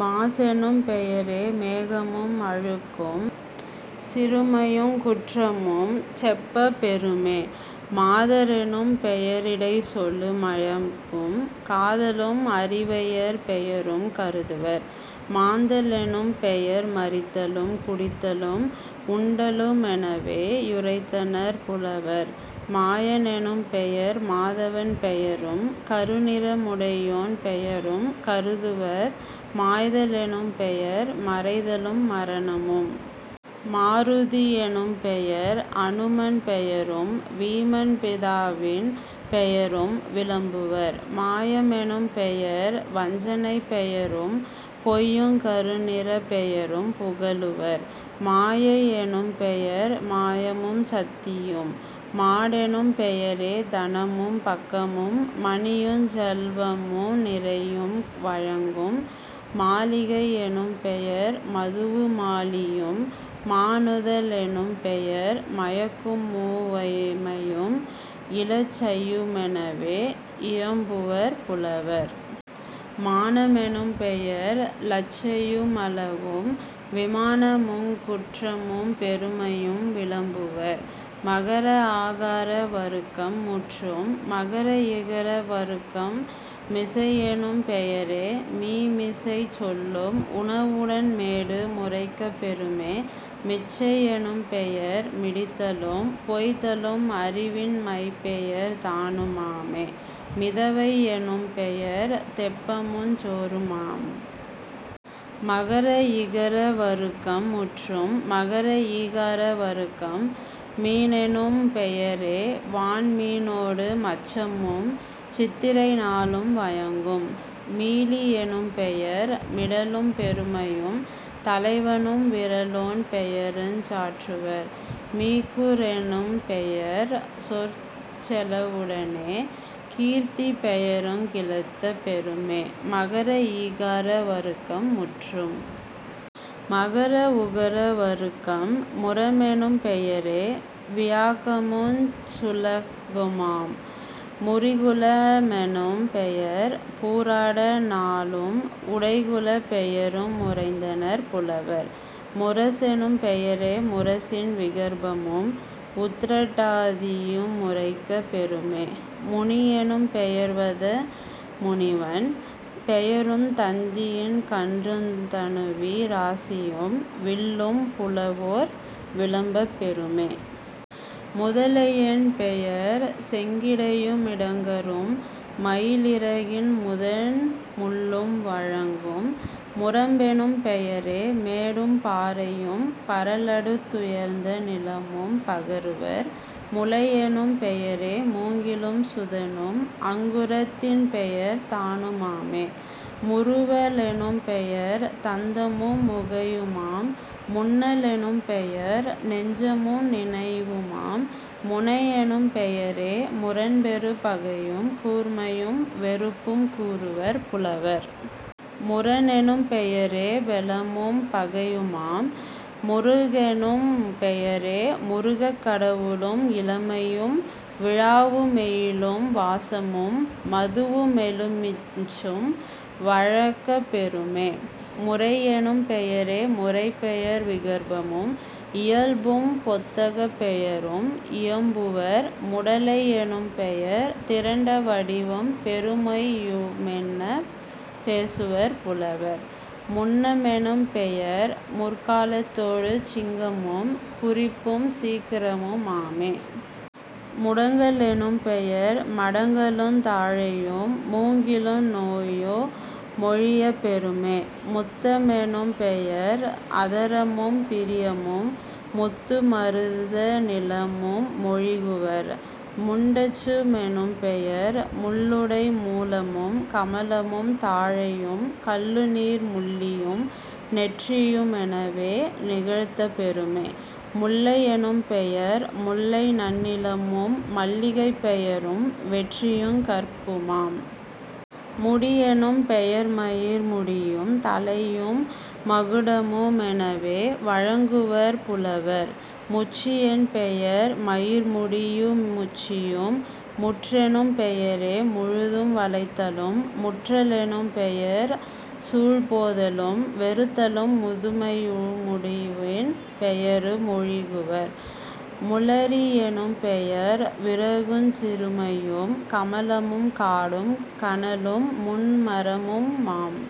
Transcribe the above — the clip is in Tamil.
மாசெனும் பெயரே மேகமும் அழுக்கும் சிறுமையுங் குற்றமும் செப்பப் பெறுமே..... மாத ரெனும்பெய ரிடைச்சொலு மழகும் காதலும் அரிவையர் பெயரும் கருதுவர்..... மாந்த லெனும்பெயர் மரித்தலும் குடித்தலும் உண்டலு மெனவே யுரைத்தனர் புலவர்..... மாய னெனும்பெயர் மாதவன் பெயரும் கருநிற முடையோன் பெயரும் கருதுவர்..... மாய்த லெனும்பெயர் மறைதலும் மரணமும்..... மாருதி யெனும்பெயர் அநுமன் பெயரும் வீமன் பிதாவின் பெயரும் விளம்புவர்..... மாய மெனும்பெயர் வஞ்சனைப் பெயரும் பொய்யுங் கருநிறப் பெயரும் புகலுவர்..... மாயை யெனும்பெயர் மாயமும் சத்தியும்..... மாடெனும் பெயரே தனமும் பக்கமும் மணியுஞ் செல்வமு நிரையும் வழங்கும்..... மாலிகை யெனும்பெயர் மதுவு மாலியும்..... மானுத லெனும்பெயர் மயக்கமு முவமையும் இலச்சையு மெனவே இயம்புவர் புலவர்..... மான மெனும்பெயர் லச்சையு மளவும் விமானமுங் குற்றமும் பெருமையும் விளம்புவர்..... மகர ஆகார வருக்கம் முற்றும். மகர இகர வருக்கம் மிசையெனும் பெயரே மீமிசைச் சொல்லும் உணவுடன் மேடு முரைக்கப் பெறுமே..... மிச்சை யெனும்பெயர் மிடித்தலும் பொய்த்தலும் அறிவின் மைப்பெயர் தானு மாமே.....। மிதவை யெனும்பெயர் தெப்பமுஞ் சோறுமாம்..... மகர இகர வருக்கம் முற்றும். மகர ஈகார வருக்கம் மீனெனும் பெயரே வான்மீ னோடு மச்சமும் சித்திரை நாளும் வழங்கும்..... மீளி யெனும்பெயர் மிடலும் பெருமையும் தலைவனும் விறலோன் பெயருஞ் சாற்றுவர்..... மீக்கூ றெனும்பெயர் சொற்செல வுடனே கீர்த்திப் பெயருங் கிளத்தப் பெறுமே..... மகர ஈகார வருக்கம் முற்றும். மகர உகர வருக்கம் முறமெனும் பெயரே வியாகமுஞ் சுளகுமாம்..... முறிகுள மெனும்பெயர் பூராட நாளும் உடைகுளப் பெயரு முரைத்தனர் புலவர்..... முரசெனும் பெயரே முரசின் விகற்பமும் உத்திரட் டாதியு முரைக்கப் பெறுமே..... முனியெனும் பெயர்தவ முனிவன் பெயரும் தந்தியின் கன்றுந் தனுவி ராசியும் வில்லும் புலவோர் விளம்பப் பெறுமே..... முதலை யென்பெயர் செங்கிடையு மிடங்கரும் மயிலிறகின் முதன் முள்ளும் வழங்கும்..... முரம்பெனும் பெயரே மேடும் பாறையும் பரலடுத் துயர்ந்த நிலமும் பகருவர்..... முளையெனும் பெயரே மூங்கிலும் சுதனும் அங்குரத் தின்பெயர் தானு மாமே..... முறுவ லெனும்பெயர் தந்தமு முகையுமாம்..... முன்ன லெனும்பெயர் நெஞ்சமு நினைவுமாம்..... முனையெனும் பெயரே முரண்பெறு பகையும் கூர்மையும் வெறுப்பும் கூறுவர் புலவர்..... முரணெனும் பெயரே பெலமும் பகையுமாம்..... முருகெனும் பெயரே முருகக் கடவுளும் இளமையும் விழாவு மெழிலும் வாசமும் மதுவு மெலுமிச்சும் வழங்கப் பெறுமே..... முறையெனும் பெயரே முறைப்பெயர் விகற்பமும் இயல்பும் பொத்தகப் பெயரும் இயம்புவர்..... முடலை யெனும்பெயர் திரண்ட வடிவும் பெருமையு மென்னப் பேசுவர் புலவர்..... முன்ன மெனும்பெயர் முற்கா லத்தொடு சிங்கமும் குறிப்பும் சீக்கிரமு மாமே..... முடங்க லெனும்பெயர் மடங்கலுந் தாழையும் மூங்கிலு நோயு மொழியப் பெறுமே..... முத்த மெனும்பெயர் அதரமும் பிரியமும் முத்து மருத நிலமு மொழிகுவர்..... முண்டசு மெனும்பெயர் முள்ளுடை மூலமும் கமலமும் தாழையும் கள்ளுநீர் முள்ளியும் நெற்றியு மெனவே நிகழ்த்தப் பெறுமே..... முல்லை யெனும்பெயர் முல்லை நன்னிலமும் மல்லிகைப் பெயரும் வெற்றியுங் கற்புமாம்..... முடியெனும் பெயர்மயிர் முடியும் தலையும் மகுடமு மெனவே வழங்குவர் புலவர்..... முச்சி யென்பெயர் மயிர்முடியு முச்சியும்..... முற்றெனும் பெயரே முழுதும் வளைத்தலும்..... முற்ற லெனும்பெயர் சூழ்போதலும் வெறுத்தலும் முதுமையு முடிவின் பெயரு மொழிகுவர்..... முளரி யெனும்பெயர் விறகுஞ் சிறுமையும் கமலமும் காடும் கனலும் முண்மரமும்மாம்....